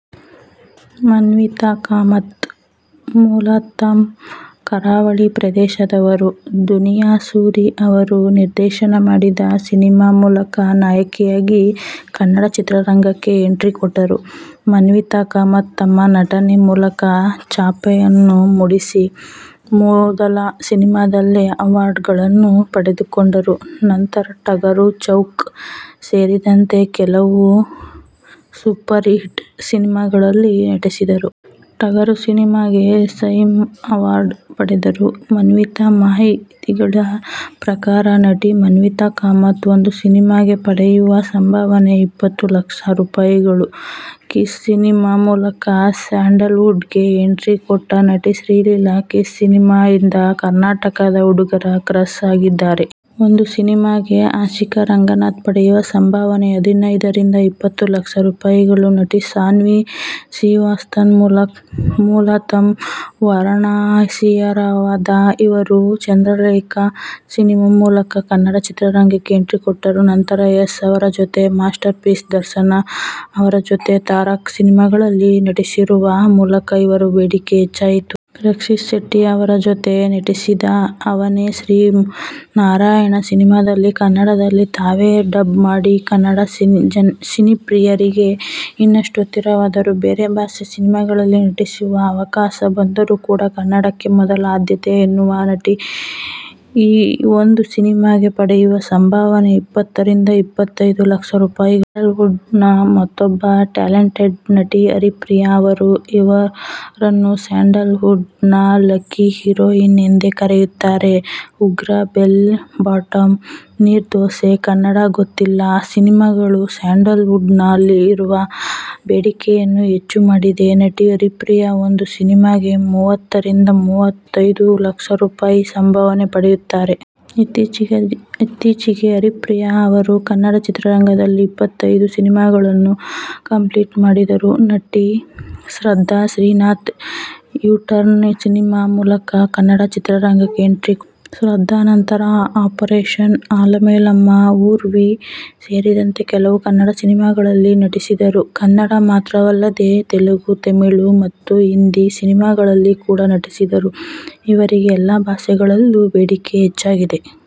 ಮಾನ್ವಿತಾ ಕಾಮತ್.. ಮೂಲತಃ ಕರಾವಳಿ ಪ್ರದೇಶದವರು. ದುನಿಯಾ ಸೂರಿ ಅವರು ನಿರ್ದೇಶನ ಮಾಡಿದ ಸಿನಿಮಾ ಮೂಲಕ ನಾಯಕಿಯಾಗಿ ಕನ್ನಡ ಚಿತ್ರರಂಗಕ್ಕೆ ಎಂಟ್ರಿ ಕೊಟ್ಟರು ಮಾನ್ವಿತಾ ಕಾಮತ್ ತಮ್ಮ ನಟನೆ ಮೂಲಕ ಛಾಪನ್ನು ಮೂಡಿಸಿ, ಮೊದಲ ಸಿನಿಮಾದಲ್ಲೇ ಅವಾರ್ಡ್ ಗಳನ್ನು ಪಡೆದುಕೊಂಡರು. ನಂತರ ಟಗರು, ಚೌಕ ಸೇರಿದಂತೆ ಕೆಲವು ಸೂಪರ್ ಹಿಟ್ ಸಿನಿಮಾಗಳಲ್ಲಿ ನಟಿಸಿದರು. ಟಗರು ಸಿನಿಮಾಗೆ ಸೈಮಾ ಅವಾರ್ಡ್ ಪಡೆದರು ಮಾನ್ವಿತಾ. ಮಾಹಿತಿಗಳ ಪ್ರಕಾರ ನಟಿ ಮಾನ್ವಿತಾ ಕಾಮತ್ ಒಂದು ಸಿನಿಮಾಗೆ ಪಡೆಯುವ ಸಂಭಾವನೆ ಇಪ್ಪತ್ತು ಲಕ್ಷ ರೂಪಾಯಿಗಳು. ಕಿಸ್ ಸಿನಿಮಾ ಮೂಲಕ ಸ್ಯಾಂಡಲ್ ವುಡ್ ಗೆ ಎಂಟ್ರಿ ಕೊಟ್ಟ ನಟಿ ಶ್ರೀಲೀಲಾ. ಕಿಸ್ ಸಿನಿಮಾ ಇಂದ ಕರ್ನಾಟಕದ ಹುಡುಗರ ಕ್ರಶ್ ಆಗಿದ್ದಾರೆ. ಒಂದು ಸಿನಿಮಾಗೆ ಆಶಿಕಾ ರಂಗನಾಥ್ ಪಡೆಯುವ ಸಂಭಾವನೆ ಹದಿನೈದರಿಂದ ಇಪ್ಪತ್ತು ಲಕ್ಷ ರೂಪಾಯಿಗಳು. ನಟಿ ಶಾನ್ವಿ ಶ್ರೀವಾಸ್ತವ್, ಮೂಲತಃ ವಾರಣಾಸಿಯವರಾದ ಇವರು ಚಂದ್ರಲೇಖ ಸಿನಿಮಾ ಮೂಲಕ ಕನ್ನಡ ಚಿತ್ರರಂಗಕ್ಕೆ ಎಂಟ್ರಿ ಕೋಟ್ಟರು. ನಂತರ ಯಶ್ ಅವರ ಜೊತೆ ಮಾಸ್ಟರ್ ಪೀಸ್, ದರ್ಶನ್ ಅವರ ಜೊತೆ ತಾರಕ್ ಸಿನಿಮಾಗಳಲ್ಲಿ ನಟಿಸುವ ಮೂಲಕ ಇವರ ಬೇಡಿಕೆ ಹೆಚ್ಚಾಯಿತು. ರಕ್ಷಿತ್ ಶೆಟ್ಟಿ ಅವರ ಜೊತೆ ನಟಿಸಿದ ಅವನೇ ಶ್ರೀಮನ್ನಾರಾಯಣ ಸಿನಿಮಾದಲ್ಲಿ ಕನ್ನಡದಲ್ಲಿ ತಾವೇ ಡಬ್ ಮಾಡಿ, ಕನ್ನಡ ಸಿನಿಪ್ರಿಯರಿಗೆ ಇನ್ನಷ್ಟು ಹತ್ತಿರವಾದರು. ಬೇರೆ ಭಾಷೆ ಸಿನಿಮಾಗಳಲ್ಲಿ ನಟಿಸುವ ಅವಕಾಶ ಬಂದರು ಕೂಡ, ಕನ್ನಡಕ್ಕೆ ಮೊದಲ ಆದ್ಯತೆ ಎನ್ನುವ ಈ ನಟಿ ಒಂದು ಸಿನಿಮಾಗೆ ಪಡೆಯುವ ಸಂಭಾವನೆ ಇಪ್ಪತ್ತರಿಂದ ಇಪ್ಪತ್ತೈದು ಲಕ್ಷ ರೂಪಾಯಿಗಳು. ಸ್ಯಾಂಡಲ್ ವುಡ್ ನ ಮತ್ತೊಬ್ಬ ಟ್ಯಾಲೆಂಟೆಡ್ ನಟಿ ಹರಿಪ್ರಿಯಾ ಅವರು. ಇವರನ್ನು ಸ್ಯಾಂಡಲ್ ವುಡ್ ನ ಲಕ್ಕಿ ಹೀರೋಯಿನ್ ಎಂದೇ ಕರೆಯುತ್ತಾರೆ. ಉಗ್ರ-, ಬೆಲ್ ಬಾಟಮ್, ನೀರ್ ದೋಸೆ, ಕನ್ನಡ್ ಗೊತ್ತಿಲ್ಲ ಸಿನಿಮಾಗಳು ಸ್ಯಾಂಡಲ್ ವುಡ್ ನಲ್ಲಿ ಇವರ ಬೇಡಿಕೆಯನ್ನು ಹೆಚ್ಚು ಮಾಡಿದೆ. ನಟಿ ಹರಿಪ್ರಿಯಾ ಒಂದು ಸಿನಿಮಾಗೆ ಮೂವತ್ತರಿಂದ ಮೂವತ್ತೈದು ಲಕ್ಷ ರೂಪಾಯಿ ಸಂಭಾವನೆ ಪಡೆಯುತ್ತಾರೆ. ಇತ್ತೀಚೆಗೆ ಹರಿಪ್ರಿಯಾ ಅವರು ಕನ್ನಡ ಚಿತ್ರರಂಗದಲ್ಲಿ ಇಪ್ಪತ್ತೈದು ಸಿನಿಮಾಗಳನ್ನು ಕಂಪ್ಲೀಟ್ ಮಾಡಿದರು. ನಟಿ ಶ್ರದ್ಧಾ ಶ್ರೀನಾಥ್, ಯೂಟರ್ನ್ ಸಿನಿಮಾ ಮೂಲಕ ಕನ್ನಡ ಚಿತ್ರರಂಗಕ್ಕೆ ಎಂಟ್ರಿ ಕೊಟ್ಟ ಶ್ರದ್ಧಾ, ನಂತರ ಆಪರೇಷನ್ ಅಲಮೇಲಮ್ಮ, ಊರ್ವಿ ಸೇರಿದಂತೆ ಕೆಲವು ಕನ್ನಡ ಸಿನಿಮಾಗಳಲ್ಲಿ ನಟಿಸಿದರು. ಕನ್ನಡ ಮಾತ್ರವಲ್ಲದೆ ತೆಲುಗು, ತಮಿಳು ಮತ್ತು ಹಿಂದಿ ಸಿನಿಮಾಗಳಲ್ಲಿ ಕೂಡ ನಟಿಸಿರುವ ಇವರಿಗೆ ಎಲ್ಲಾ ಭಾಷೆಗಳಲ್ಲೂ ಬೇಡಿಕೆ ಹೆಚ್ಚಾಗಿದೆ.